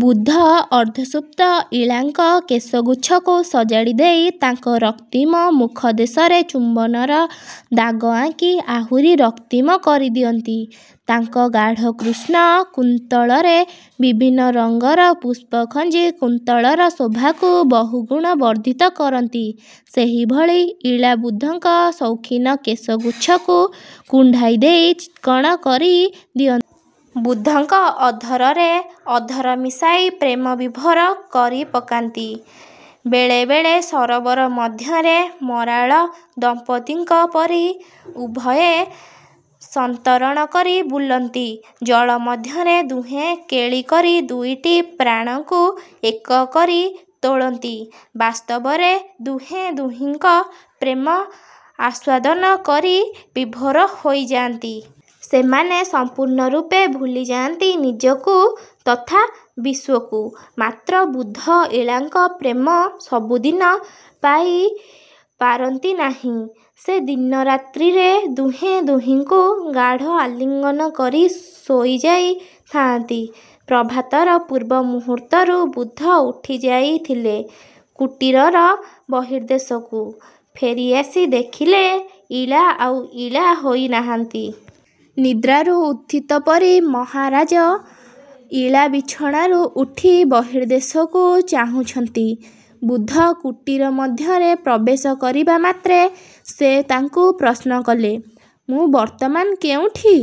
ବୁଧ ଅର୍ଦ୍ଧସୁପ୍ତ ଇଳାଙ୍କ କେଶଗୁଚ୍ଛକୁ ସଜାଡ଼ି ଦେଇ ତାଙ୍କ ରକ୍ତିମ ମୁଖଦେଶରେ ଚୁମ୍ୱନର ଦାଗ ଆଙ୍କି ଆହୁରି ରକ୍ତିମ କରିଦିଅନ୍ତି। ତାଙ୍କ ଗାଢ଼ କୃଷ୍ଣ କୁନ୍ତଳରେ ବିଭିନ୍ନ ରଙ୍ଗର ପୁଷ୍ପ ଖଞ୍ଜି କୁନ୍ତଳର ଶୋଭାକୁ ବହୁଗୁଣ ବର୍ଦ୍ଧିତ କରନ୍ତି। ସେହିଭଳି ଇଳା ବୁଧଙ୍କ ସୌଖିନ କେଶଗୁଚ୍ଛକୁ କୁଣ୍ଡାଇ ଦେଇ ଚିକ୍କଣ କରି ଦିଅନ୍ତି। ବୁଧଙ୍କ ଅଧରରେ ଅଧର ମିଶାଇ ପ୍ରେମ ବିଭୋର କରିପକାନ୍ତି। ବେଳେ ବେଳେ ସରୋବର ମଧ୍ୟରେ ମରାଳ ଦମ୍ପତ୍ତିଙ୍କ ପରି ଉଭୟେ ସନ୍ତରଣ କରି ବୁଲନ୍ତି। ଜଳ ମଧ୍ୟରେ ଦୁହେଁ କେଳି କରି ଦୁଇଟି ପ୍ରାଣକୁ ଏକ କରି ତୋଳନ୍ତି। ବାସ୍ତବରେ ଦୁହେଁ ଦୁହିଁଙ୍କ ପ୍ରେମ ଆସ୍ୱାଦନ କରି ବିଭୋର ହୋଇଯାଆନ୍ତି। ସେମାନେ ସଂପୂର୍ଣ୍ଣ ରୂପେ ଭୁଲିଯାଆନ୍ତି ନିଜକୁ ତଥା ବିଶ୍ୱକୁ। ମାତ୍ର ବୁଧ ଇଳାଙ୍କ ପ୍ରେମ ସବୁଦିନ ପାଇ ପାରନ୍ତି ନାହିଁ। ସେ ଦିନ ରାତ୍ରିରେ ଦୁହେଁ ଦୁହିଁଙ୍କୁ ଗାଢ଼ ଆଲିଙ୍ଗନ କରି ଶୋଇଯାଇ ଥାଆନ୍ତି। ପ୍ରଭାତର ପୂର୍ବ ମୁହୂର୍ତ୍ତରୁ ବୁଧ ଉଠିଯାଇଥିଲେ କୁଟୀରର ବର୍ହିଦେଶକୁ। ଫେରିଆସି ଦେଖିଲେ ଇଳା ଆଉ ଇଳା ହୋଇ ନାହାନ୍ତି। ନିଦ୍ରାରୁ ଉତ୍ଥିତ ପରି ମହାରାଜ ଇଳା ବିଛଣାରୁ ଉଠି ବର୍ହିଦେଶକୁ ଚାହୁଁଛନ୍ତି। ବୁଧ କୁଟୀର ମଧ୍ୟରେ ପ୍ରବେଶ କରିବା ମାତ୍ରେ ସେ ତାଙ୍କୁ ପ୍ରଶ୍ନ କଲେ, ମୁଁ ବର୍ତ୍ତମାନ କେଉଁଠି?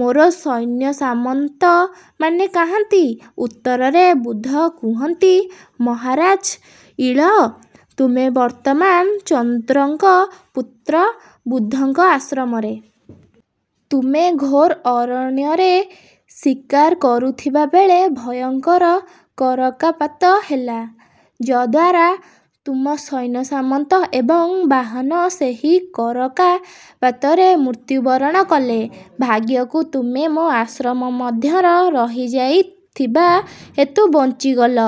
ମୋର ସୈନ୍ୟସାମନ୍ତମାନେ କାହାନ୍ତି? ଉତ୍ତରରେ ବୁଧ କୁହନ୍ତି, ମହାରାଜ ଇଳ, ତୁମେ ବର୍ତ୍ତମାନ ଚନ୍ଦ୍ରଙ୍କ ପୁତ୍ର ବୁଧଙ୍କ ଆଶ୍ରମରେ। ତୁମେ ଘୋର ଅରଣ୍ୟରେ ଶିକାର କରୁଥିବା ବେଳେ ଭୟଙ୍କର କରକାପାତ ହେଲା ଯଦ୍ୱାରା ତୁମ ସୈନ୍ୟସାମନ୍ତ ଏବଂ ବାହନ ସେହି କରକା ପାତରେ ମୃତ୍ୟୁ ବରଣ କଲେ। ଭାଗ୍ୟକୁ ତୁମେ ମୋ ଆଶ୍ରମ ମଧ୍ୟର ରହିଯାଇଥିବା ହେତୁ ବଞ୍ଚିଗଲ।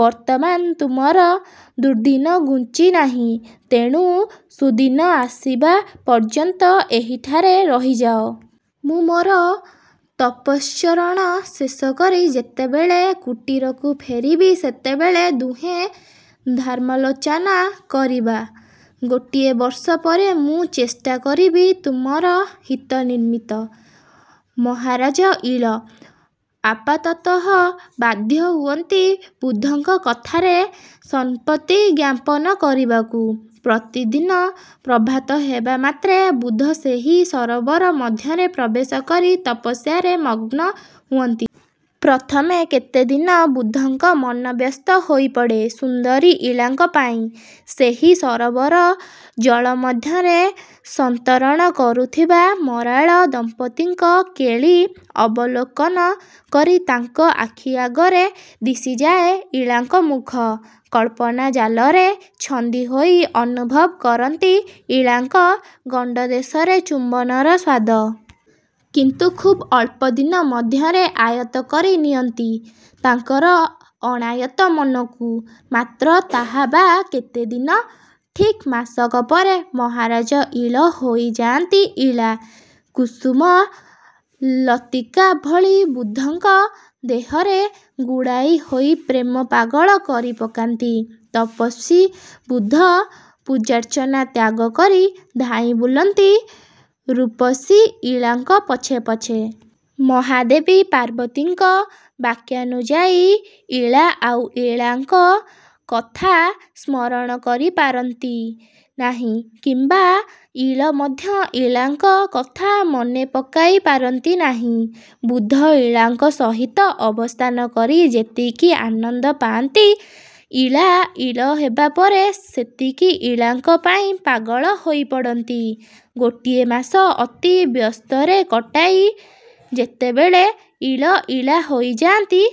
ବର୍ତ୍ତମାନ ତୁମର ଦୁର୍ଦ୍ଦିନ ଘୁଞ୍ଚିନାହିଁ। ତେଣୁ ସୁଦିନ ଆସିବା ପର୍ଯ୍ୟନ୍ତ ଏହିଠାରେ ରହିଯାଅ। ମୁଁ ମୋର ତପଶ୍ଚରଣ ଶେଷକରି ଯେତେବେଳେ କୁଟୀରକୁ ଫେରିବି ସେତେବେଳେ ଦୁହେଁ ଧର୍ମାଲୋଚନା କରିବା। ଗୋଟିଏ ବର୍ଷ ପରେ ମୁଁ ଚେଷ୍ଟାକରିବି ତୁମର ହିତ ନିମିତ୍ତ। ମହାରାଜ ଇଳ ଆପାତତଃ ବାଧ୍ୟ ହୁଅନ୍ତି ବୁଧଙ୍କ କଥାରେ ସମ୍ମତ୍ତିଜ୍ଞାପନ କରିବାକୁ। ପ୍ରତିଦିନ ପ୍ରଭାତ ହେବା ମାତ୍ରେ ବୁଧ ସେହି ସରୋବର ମଧ୍ୟରେ ପ୍ରବେଶ କରି ତପସ୍ୟାରେ ମଗ୍ନ ହୁଅନ୍ତି। ପ୍ରଥମେ କେତେ ଦିନ ବୁଧଙ୍କ ମନ ବ୍ୟସ୍ତ ହୋଇପଡ଼େ ସୁନ୍ଦରୀ ଇଳାଙ୍କ ପାଇଁ। ସେହି ସରୋବର ଜଳ ମଧ୍ୟରେ ସନ୍ତରଣ କରୁଥିବା ମରାଳ ଦମ୍ପତ୍ତିଙ୍କ କେଳି ଅବଲୋକନ କରି ତାଙ୍କ ଆଖି ଆଗରେ ଦିଶିଯାଏ ଇଳାଙ୍କ ମୁଖ। କଳ୍ପନା ଜାଲରେ ଛନ୍ଦି ହୋଇ ଅନୁଭବ କରନ୍ତି ଇଳାଙ୍କ ଗଣ୍ଡଦେଶରେ ଚୁମ୍ୱନର ସ୍ୱାଦ। କିନ୍ତୁ ଖୁବ୍ ଅଳ୍ପଦିନ ମଧ୍ୟରେ ଆୟତ କରି ନିଅନ୍ତି ତାଙ୍କର ଅଣାୟତ ମନକୁ। ମାତ୍ର ତାହା ବା କେତେଦିନ? ଠିକ୍ ମାସକ ପରେ ମହାରାଜ ଇଳ ହୋଇଯାଆନ୍ତି ଇଳା। କୁସୁମ ଲତିକା ଭଳି ବୁଧଙ୍କ ଦେହରେ ଗୁଡ଼ାଇ ହୋଇ ପ୍ରେମ ପାଗଳ କରିପକାନ୍ତି। ତପସ୍ୱୀ ବୁଧ ପୂଜାର୍ଚ୍ଚନା ତ୍ୟାଗ କରି ଧାଇଁ ବୁଲନ୍ତି ରୂପସୀ ଇଳାଙ୍କ ପଛେ ପଛେ। ମହାଦେବୀ ପାର୍ବତୀଙ୍କ ବାକ୍ୟାନୁଯାୟୀ ଇଳା ଆଉ ଇଳାଙ୍କ କଥା ସ୍ମରଣ କରିପାରନ୍ତି ନାହିଁ କିମ୍ୱା ଇଳ ମଧ୍ୟ ଇଳାଙ୍କ କଥା ମନେପକାଇ ପାରନ୍ତି ନାହିଁ। ବୁଧ ଇଳାଙ୍କ ସହିତ ଅବସ୍ଥାନ କରି ଯେତିକି ଆନନ୍ଦପାନ୍ତି, ଇଳା ଇଳ ହେବା ପରେ ସେତିକି ଇଳାଙ୍କ ପାଇଁ ପାଗଳ ହୋଇପଡ଼ନ୍ତି-। ଗୋଟିଏ ମାସ ଅତି ବ୍ୟସ୍ତରେ କଟାଇ ଯେତେବେଳେ ଇଳ ଇଳା ହୋଇଯାଆନ୍ତି